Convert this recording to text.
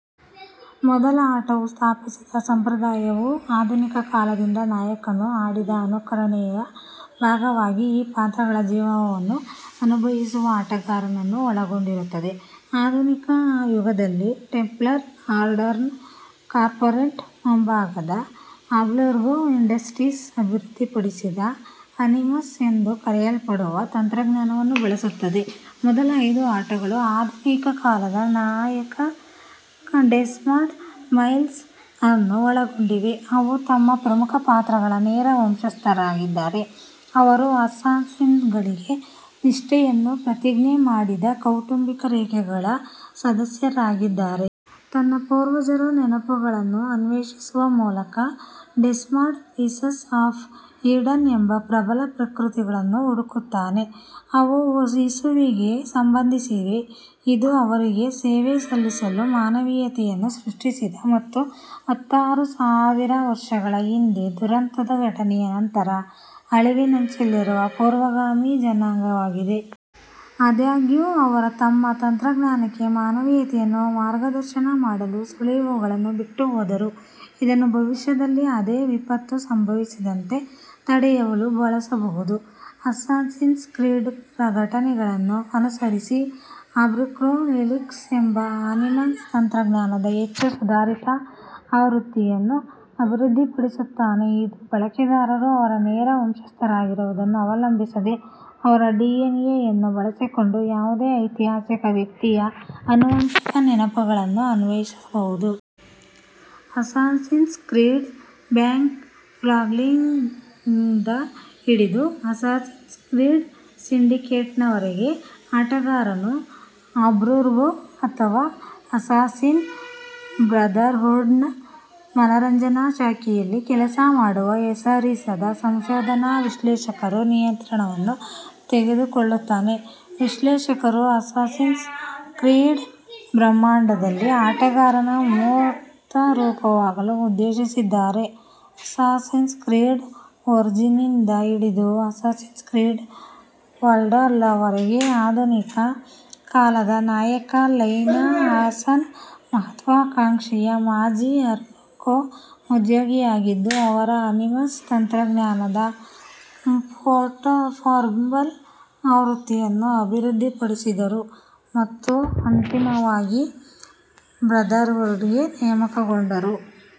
ಮೊದಲ ಆಟವು ಸ್ಥಾಪಿಸಿದ ಸಂಪ್ರದಾಯವು ಆಧುನಿಕ ಕಾಲದಿಂದ ನಾಯಕನು ಆಡಿದ ಅನುಕರಣೆಯ ಭಾಗವಾಗಿ ಈ ಪಾತ್ರಗಳ ಜೀವನವನ್ನು ಅನುಭವಿಸುವ ಆಟಗಾರನನ್ನು ಒಳಗೊಂಡಿರುತ್ತದೆ, ಆಧುನಿಕ ಯುಗದಲ್ಲಿ ಟೆಂಪ್ಲರ್ ಆರ್ಡರ್ನ ಕಾರ್ಪೊರೇಟ್ ಮುಂಭಾಗವಾದ ಅಬ್ಸ್ಟರ್ಗೊ ಇಂಡಸ್ಟ್ರೀಸ್ ಅಭಿವೃದ್ಧಿಪಡಿಸಿದ ಅನಿಮಸ್ ಎಂದು ಕರೆಯಲ್ಪಡುವ ತಂತ್ರಜ್ಞಾನವನ್ನು ಬಳಸುತ್ತದೆ. ಮೊದಲ ಐದು ಆಟಗಳು ಆಧುನಿಕ ಕಾಲದ ನಾಯಕ ಡೆಸ್ಮಂಡ್ ಮೈಲ್ಸ್ ಅನ್ನು ಒಳಗೊಂಡಿವೆ, ಅವರು ತಮ್ಮ ಪ್ರಮುಖ ಪಾತ್ರಗಳ ನೇರ ವಂಶಸ್ಥರಾಗಿದ್ದಾರೆ, ಅವರು ಅಸ್ಸಾಸಿನ್ಗಳಿಗೆ ನಿಷ್ಠೆಯನ್ನು ಪ್ರತಿಜ್ಞೆ ಮಾಡಿದ ಕೌಟುಂಬಿಕ ರೇಖೆಗಳ ಸದಸ್ಯರಾಗಿದ್ದಾರೆ. ತನ್ನ ಪೂರ್ವಜರ ನೆನಪುಗಳನ್ನು ಅನ್ವೇಷಿಸುವ ಮೂಲಕ, ಡೆಸ್ಮಂಡ್ "ಪೀಸಸ್ ಆಫ್ ಈಡನ್" ಎಂಬ ಪ್ರಬಲ ಕಲಾಕೃತಿಗಳನ್ನು ಹುಡುಕುತ್ತಾನೆ, ಅವು ಇಸುವಿಗೆ ಸಂಬಂಧಿಸಿವೆ, ಇದು ಅವರಿಗೆ ಸೇವೆ ಸಲ್ಲಿಸಲು ಮಾನವೀಯತೆಯನ್ನು ಸೃಷ್ಟಿಸಿದ ಮತ್ತು ಹತ್ತಾರು ಸಾವಿರ ವರ್ಷಗಳ ಹಿಂದೆ ದುರಂತದ ಘಟನೆಯ ನಂತರ ಅಳಿವಿನಂಚಿನಲ್ಲಿರುವ ಪೂರ್ವಗಾಮಿ ಜನಾಂಗವಾಗಿದೆ. ಆದಾಗ್ಯೂ, ಅವರು ತಮ್ಮ ತಂತ್ರಜ್ಞಾನಕ್ಕೆ ಮಾನವೀಯತೆಯನ್ನು ಮಾರ್ಗದರ್ಶನ ಮಾಡಲು ಸುಳಿವುಗಳನ್ನು ಬಿಟ್ಟುಹೋದರು, ಇದನ್ನು ಭವಿಷ್ಯದಲ್ಲಿ ಅದೇ ವಿಪತ್ತು ಸಂಭವಿಸದಂತೆ ತಡೆಯಲು ಬಳಸಬಹುದು. ಅಸ್ಸಾಸಿನ್ಸ್ ಕ್ರೀಡ್ ರ ಘಟನೆಗಳನ್ನು ಅನುಸರಿಸಿ, ಅಬ್ಸ್ಟರ್ಗೊ ಹೆಲಿಕ್ಸ್ ಎಂಬ ಅನಿಮಸ್ ತಂತ್ರಜ್ಞಾನದ ಹೆಚ್ಚು ಸುಧಾರಿತ ಆವೃತ್ತಿಯನ್ನು ಅಭಿವೃದ್ಧಿಪಡಿಸುತ್ತಾನೆ, ಇದು ಬಳಕೆದಾರರು ಅವರ ನೇರ ವಂಶಸ್ಥರಾಗಿರುವುದನ್ನು ಅವಲಂಬಿಸದೆ ಅವರ ಡಿಎನ್ಎಯನ್ನು ಬಳಸಿಕೊಂಡು ಯಾವುದೇ ಐತಿಹಾಸಿಕ ವ್ಯಕ್ತಿಯ ಆನುವಂಶಿಕ ನೆನಪುಗಳನ್ನು ಅನ್ವೇಷಿಸಬಹುದು. ಅಸ್ಸಾಸಿನ್ಸ್ ಕ್ರೀಡ್: ಬ್ಲ್ಯಾಕ್ ಫ್ಲಾಗ್ನಿಂದ ಹಿಡಿದು ಅಸ್ಸಾಸಿನ್ಸ್ ಕ್ರೀಡ್ ಸಿಂಡಿಕೇಟ್ನವರೆಗೆ, ಆಟಗಾರನು ಅಬ್ಸ್ಟರ್ಗೊ ಅಥವಾ ಅಸ್ಸಾಸಿನ್ ಬ್ರದರ್ಹುಡ್ನ ಮನರಂಜನಾ ಶಾಖೆಯಲ್ಲಿ ಕೆಲಸ ಮಾಡುವ ಹೆಸರಿಸದ ಸಂಶೋಧನಾ ವಿಶ್ಲೇಷಕರ ನಿಯಂತ್ರಣವನ್ನು ತೆಗೆದುಕೊಳ್ಳುತ್ತಾನೆ; ವಿಶ್ಲೇಷಕರು ಅಸ್ಸಾಸಿನ್ಸ್ ಕ್ರೀಡ್ ಬ್ರಹ್ಮಾಂಡದಲ್ಲಿ ಆಟಗಾರನ ಮೂರ್ತರೂಪವಾಗಲು ಉದ್ದೇಶಿಸಿದ್ದಾರೆ. ಅಸ್ಸಾಸಿನ್ಸ್ ಕ್ರೀಡ್ ಒರಿಜಿನ್ಸ್ನಿಂದ ಹಿಡಿದು ಅಸ್ಸಾಸಿನ್ಸ್ ಕ್ರೀಡ್ ವಲ್ಹಲ್ಲಾವರೆಗೆ, ಆಧುನಿಕ ಕಾಲದ ನಾಯಕ ಲೈಲಾ ಹಸನ್, ಮಹತ್ವಾಕಾಂಕ್ಷೆಯ ಮಾಜಿ ಅಬ್ಸ್ಟರ್ಗೊ ಉದ್ಯೋಗಿಯಾಗಿದ್ದು, ಅವರು ಅನಿಮಸ್ ತಂತ್ರಜ್ಞಾನದ ಪೋರ್ಟಬಲ್ ಆವೃತ್ತಿಯನ್ನು ಅಭಿವೃದ್ಧಿಪಡಿಸಿದರು ಮತ್ತು ಅಂತಿಮವಾಗಿ ಬ್ರದರ್ಹುಡ್ಗೆ ನೇಮಕಗೊಂಡರು.